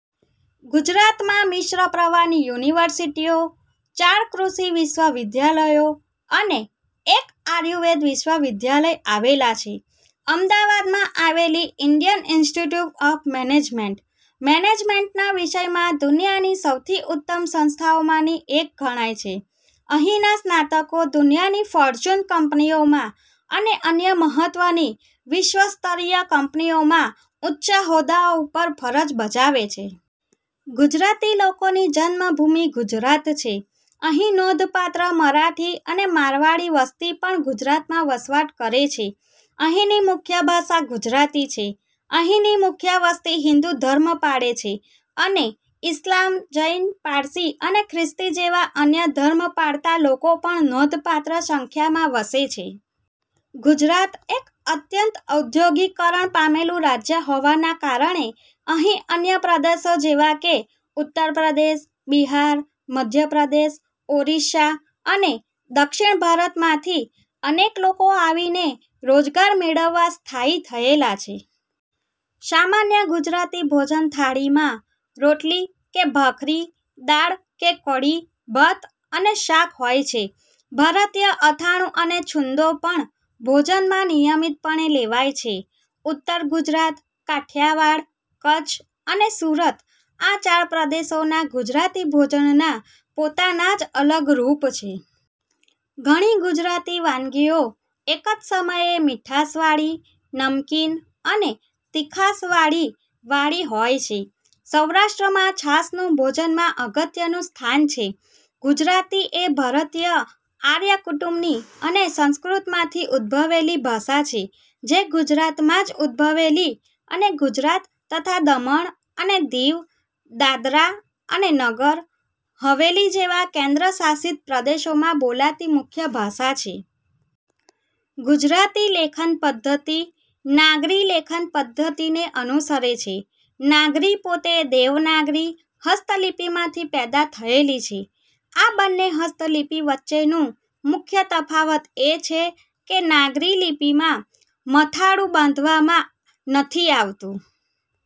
ગુજરાતમાં મિશ્ર પ્રવાહની યુનિવર્સિટીઓ, ચાર કૃષિ વિશ્વવિદ્યાલયો અને એક આયુર્વેદ વિશ્વવિદ્યાલય આવેલાં છે. અમદાવાદમાં આવેલી ઇન્ડિયન ઇન્સ્ટીટયુટ ઓફ મેનેજમેન્ટ મેનેજમેન્ટના વિષયમાં દુનિયાની સૌથી ઉત્તમ સંસ્થાઓમાંની એક ગણાય છે. અહીંના સ્નાતકો દુનિયાની ફોર્ચ્યુન કંપનીઓમાં અને અન્ય મહત્વની વિશ્વસ્તરીય કંપનીઓમાં ઊંચા હોદ્દાઓ પર ફરજ બજાવે છે. ગુજરાતી લોકોની જન્મભૂમિ ગુજરાત છે. અહીં નોંધપાત્ર મરાઠી અને મારવાડી વસ્તી પણ ગુજરાતમાં વસવાટ કરે છે. અહીંની મુખ્ય ભાષા ગુજરાતી છે. અહીંની મુખ્ય વસ્તી હિંદુ ધર્મ પાળે છે અને ઇસ્લામ, જૈન, પારસી અને ખ્રિસ્તી જેવા અન્ય ધર્મ પાળતા લોકો પણ નોંધપાત્ર સંખ્યામાં વસે છે. ગુજરાત એક અત્યંત ઔદ્યોગિકરણ પામેલું રાજ્ય હોવાના કારણે અહીં અન્ય પ્રદેશો જેવાં કે ઉત્તર પ્રદેશ, બિહાર, મધ્ય પ્રદેશ, ઓરિસ્સા અને દક્ષિણ ભારતમાંથી અનેક લોકો આવીને રોજગાર મેળવવા સ્થાયી થયેલા છે. સામાન્ય ગુજરાતી ભોજન થાળીમાં રોટલી કે ભાખરી, દાળ કે કઢી, ભાત અને શાક હોય છે. ભારતીય અથાણું અને છુંદો પણ ભોજનમાં નિયમિતપણે લેવાય છે. ઉત્તર ગુજરાત, કાઠીયાવાડ, કચ્છ અને સુરત આ ચાર પ્રદેશોનાં ગુજરાતી ભોજનના પોતાના જ અલગ રૂપ છે. ઘણી ગુજરાતી વાનગીઓ એક જ સમયે મિઠાસવાળી, નમકીન અને તીખાસવાળી વાળી હોય છે. સૌરાષ્ટ્રમાં છાસનું ભોજનમાં અગત્યનું સ્થાન છે. ગુજરાતી એ ભારતીય આર્ય કુટુંબની અને સંસ્કૃતમાંથી ઉદ્ભવેલી ભાષા છે, જે ગુજરાતમાં જ ઉદભવેલી અને ગુજરાત તથા દમણ અને દીવ, દાદરા અને નગર હવેલી જેવા કેન્દ્ર શાસિત પ્રદેશોમાં બોલાતી મુખ્ય ભાષા છે. ગુજરાતી લેખનપધ્ધતિ નાગરી લેખનપધ્ધતિને અનુસરે છે. નાગરી પોતે દેવનાગરી હસ્તલિપિમાંથી પેદા થયેલી છે, આ બંને હસ્તલિપિ વચ્ચેનું મુખ્ય તફાવત એ છે કે નાગરી લિપિમાં મથાળું બાંધવામાં નથી આવતું.